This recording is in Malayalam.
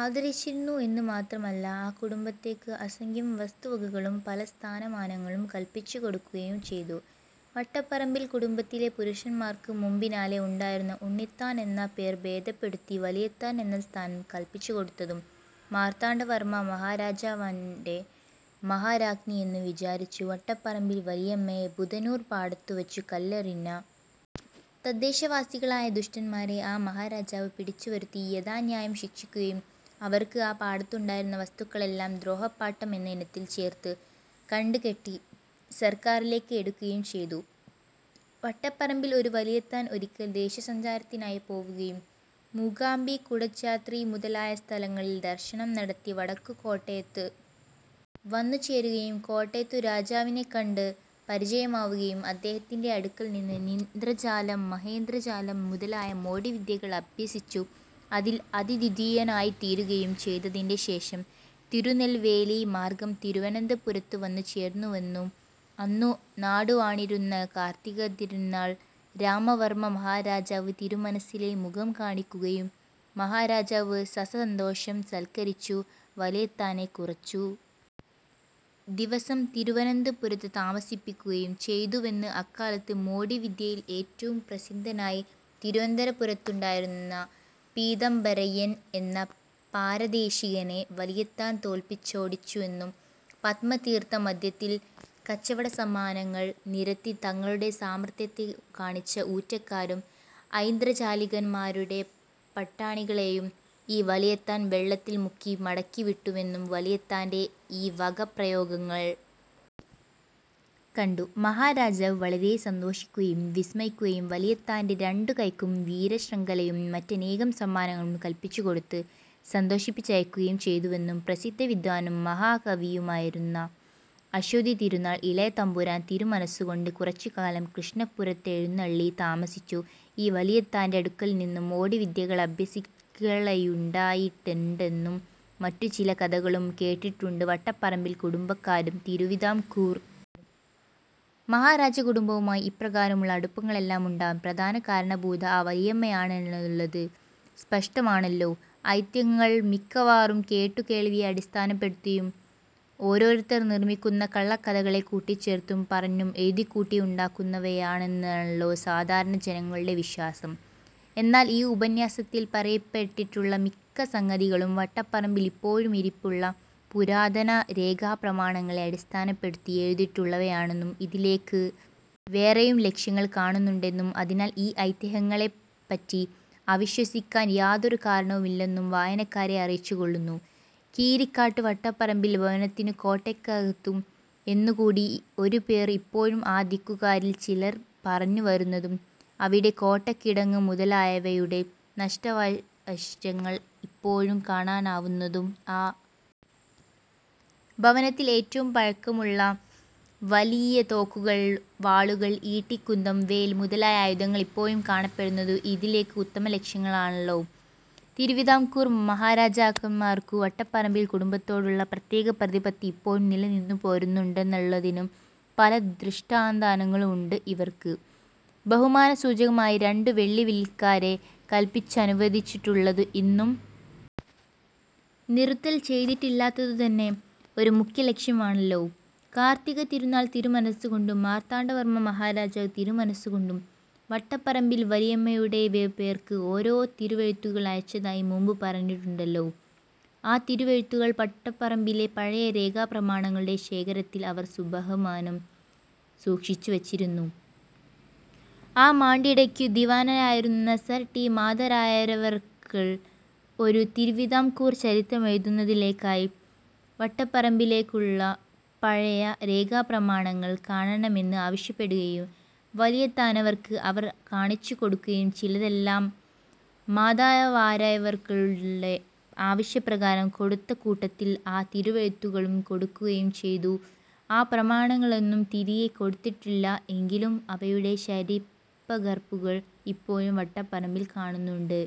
ആദരിച്ചിരുന്നു എന്നു മാത്രമല്ല ആ കുടുംബത്തേക്കു അസംഖ്യം വസ്തുവകകളും പല സ്ഥാനമാനങ്ങളും കൽപ്പിച്ചു കൊടുക്കുകയും ചെയ്തു വട്ടപ്പറമ്പിൽ കുടുംബത്തിലെ പുരുഷന്മാർക്കു മുമ്പിനാലെ ഉണ്ടായിരുന്ന ഉണ്ണിത്താൻ എന്ന പേർ ഭേദപ്പെടുത്തി വലിയത്താൻ എന്ന സ്ഥാനം കൽപ്പിച്ചുകൊടുത്തതും മാർത്താണ്ഡവർമ്മ മഹാരാജാവാണു് മഹാരാജ്ഞിയെന്നു വിചാരിച്ചു വട്ടപ്പറമ്പിൽ വലിയമ്മയെ ബുധനൂർ പാടത്തുവച്ചുകല്ലെറിഞ്ഞ തദ്ദേശവാസികളായ ദുഷ്ടന്മാരെ ആ മഹാരാജാവു് പിടിച്ചുവരുത്തി യഥാന്യായം ശിക്ഷിക്കുകയും അവർക്കു ആ പാടത്തുണ്ടായിരുന്ന വസ്തുക്കളെല്ലാം ദ്രോഹപാട്ടം എന്ന ഇനത്തിൽ ചേർത്തു കണ്ടുകെട്ടി സർക്കാരിലേക്കു് എടുക്കുകയും ചെയ്തു വട്ടപ്പറമ്പിലെ ഒരു വലിയത്താൻ ഒരിക്കൽ ദേശസഞ്ചാരത്തിനായി പോവുകയും മൂകാംബി കുടജാദ്രി മുതലായ സ്ഥലങ്ങളിൽ ദർശനം നടത്തി വടക്കു കോട്ടയത്തു വന്നുചേരുകയും കോട്ടയത്തു രാജാവിനെ കണ്ടു പരിചയമാവുകയും അദ്ദേഹത്തിന്റെ അടുക്കൽ നിന്നു ഇന്ദ്രജാലം മഹേന്ദ്രജാലം മുതലായ മോടിവിദ്യകൾ അഭ്യസിച്ചു അതിൽ അദ്വിതീയനായിത്തീരുകയും ചെയ്തതിന്റെ ശേഷം തിരുനെൽവേലി മാർഗ്ഗം തിരുവനന്തപുരത്തു വന്നുചേർന്നുവെന്നും അന്നു നാടുവാണിരുന്ന കാർത്തികതിരുനാൾ രാമവർമ്മമഹാരാജാവു് തിരുമനസ്സിലെ മുഖം കാണിക്കുകയും മഹാരാജാവു് സസന്തോഷം സൽക്കരിച്ചു വലിയത്താനെ കുറച്ചു ദിവസം തിരുവനന്തപുരത്തു താമസിപ്പിക്കുകയും ചെയ്തുവെന്നും അക്കാലത്തു മോടിവിദ്യയിൽ ഏറ്റവും പ്രസിദ്ധനായി തിരുവനന്തപുരത്തുണ്ടായിരുന്ന പീതാംബരയ്യൻ എന്ന പാരദേശികനെ വലിയത്താൻ തോൽപ്പിച്ചോടിച്ചുവെന്നും പത്മതീർത്ഥ മദ്ധ്യത്തിൽ കച്ചവടസാമാനങ്ങൾ നിരത്തി തങ്ങളുടെ സാമർത്ഥ്യത്തെ കാണിച്ച ഊറ്റക്കാരും ഐന്ദ്രജാലികന്മാരുമായ പട്ടാണികളെയും ഈ വലിയത്താൻ വെള്ളത്തിൽ മുക്കി മടക്കിവിട്ടുവെന്നും വലിയത്താന്റെ ഈ വക പ്രയോഗങ്ങൾ കണ്ടു മഹാരാജാവു് വലരെ സന്തോഷിക്കുകയും വിസ്മയിക്കുകയും വലിയത്താന്റെ രണ്ടു കൈയ്ക്കും വീരശ്രംഖലയും മറ്റനേകം സമ്മാനങ്ങളും കൽപ്പിച്ചു കൊടുത്തു് സന്തോഷിപ്പിച്ചയക്കുകയും ചെയ്തുവെന്നും പ്രസിദ്ധവിദ്വാനും മഹാകവിയുമായിരുന്ന അശ്വതിതിരുനാൾ ഇളയതമ്പുരാൻ തിരുമനസ്സുകൊണ്ടു് കുറച്ചുകാലം കൃഷ്ണപുരത്തെഴുന്നള്ളി താമസിച്ചു ഈ വലിയത്താന്റടുക്കൽനിന്നു മോടിവിദ്യകളഭ്യസിക്കയുണ്ടായിട്ടുണ്ടെന്നും മറ്റും ചില കഥകളും കേട്ടിട്ടുണ്ടു് വട്ടപ്പറമ്പിൽ കുടുംബക്കാരും തിരുവതാംകൂർ മഹാരാജകുടുംബവുമായി ഇപ്രകാരമുള്ള അടുപ്പങ്ങളെല്ലാമുണ്ടാവാൻ പ്രധാന കാരണഭൂത ആ വലിയമ്മയാണന്നുള്ളതു് സ്പഷ്ടമാണല്ലോ ഐതിഹ്യങ്ങൾ മിക്കവാറും കേട്ടുകേൾവിയെ അടിസ്ഥാനപ്പെടുത്തിയും ഓരോരുത്തർ നിർമിക്കുന്ന കള്ളക്കഥകളെ കൂട്ടിച്ചേർത്തും പറഞ്ഞും എഴുതിക്കൂട്ടിയുണ്ടാക്കുന്നവയാണന്നാണല്ലോ സാധാരണ ജനങ്ങളുടെ വിശ്വാസം എന്നാൽ ഈ ഉപന്യാസത്തിൽ പറയപ്പെട്ടിട്ടുള്ള മിക്ക സംഗതികളും വട്ടപ്പറമ്പിൽ ഇപ്പോഴുമിരിപ്പുള്ള പുരാതനരേഖാപ്രമാണങ്ങളെ അടിസ്ഥാനപ്പെടുത്തി എഴുതിയിട്ടുള്ളവയാണന്നും ഇതിലേക്കു വേറേയും ലക്ഷ്യങ്ങൾ കാണുന്നുണ്ടെന്നും അതിനാൽ ഈ ഐതിഹ്യങ്ങളെപ്പറ്റി അവിശ്വസിക്കാൻ യാതൊരു കാരണവുമില്ലന്നും വായനക്കാരെ അറിയിച്ചുകൊള്ളുന്നു കീരിക്കാട്ടു വട്ടപ്പറമ്പിൽ ഭവനത്തിനു കോട്ടയ്ക്കകത്തു എന്നു കൂടി ഒരു പേർ ഇപ്പോഴും ആ ദിക്കുകാരിൽ ചിലർ പറഞ്ഞു വരുന്നതും അവിടെ കോട്ട കിടങ്ങു് മുതലായവയുടെ നഷ്ടാവശിഷ്ടങ്ങൾ ഇപ്പോഴും കാണാവുന്നതും ആ ഭവനത്തിൽ ഏറ്റവും പഴക്കമുള്ള വലിയ തോക്കുകൾ വാളുകൾ ഈട്ടി കുന്തം വേൽ മുതലായ ആയുധങ്ങൾ ഇപ്പോഴും കാണപ്പെടുന്നതും ഇതിലേക്കു ഉത്തമ ലക്ഷ്യങ്ങളാണല്ലോ തിരുവതാംകൂർ മഹാരാജാക്കന്മാർക്കു വട്ടപ്പറമ്പിൽ കുടുംബത്തോടുള്ള പ്രത്യേകപ്രതിപത്തി ഇപ്പോഴും നിലനിന്നു പോരുന്നു ണ്ടെന്നുള്ളതിനു പല ദൃഷ്ടാന്തങ്ങളുണ്ടു് ഇവർക്കു ബഹുമാനസൂചകമായി രണ്ടു വെള്ളിവില്ലക്കാരെ കൽപ്പിച്ചനുവദിച്ചിട്ടുള്ളതു ഇന്നും നിറുത്തൽ ചെയ്തിട്ടില്ലാത്തതുതന്നെ ഒരു മുഖ്യലക്ഷണമാണല്ലോ കാർത്തിക തിരുനാൾതിരുമനസ്സുകൊണ്ടും മാർത്താണ്ഡവർമ്മ മഹാരാജാവു് തിരുമനസ്സുകൊണ്ടും വട്ടപ്പറമ്പിൽ വലിയമ്മയുടെ പേർക്കു ഓരോ തിരുവെഴുത്തുകൾ അയച്ചതായി മുമ്പു പറഞ്ഞിട്ടുണ്ടല്ലോ ആ തിരുവെഴുത്തുകൾ വട്ടപ്പറമ്പിലെ പഴയ രേഖാപ്രമാണങ്ങളുടെ ശേഖരത്തിൽ അവർ സബഹുമാനം സൂക്ഷിച്ചു വച്ചിരുന്നു ആമാണ്ടിടയ്ക്കു ദിവാനായിരുന്ന സർ ടി മാധരായരവർകൾ ഒരു തിരുവതാംകൂർ ചരിത്രമെഴുതുന്നതിലേക്കായി വട്ടപ്പറമ്പിലുള്ള പഴയ രേഖാപ്രമാണങ്ങൾ കാണണമെന്നു് ആവശ്യപ്പെടുകയും വലിയത്താനവർകൾ അവ കാണിച്ചു കൊടുക്കുകയും ചിലതെല്ലാം മാധവരായരവർകളുടെ ആവശ്യപ്രകാരം കൊടുത്തകൂട്ടത്തിൽ ആ തിരുവെഴുത്തുകളും കൊടുക്കുകയും ചെയ്തു ആ പ്രമാണങ്ങളൊന്നും തിരിയെ കൊടുത്തിട്ടില്ല എങ്കിലും അവയുടെ ശരിപ്പകർപ്പുകൾ ഇപ്പോഴും വട്ടപ്പറമ്പിൽ കാണുന്നുണ്ടു്.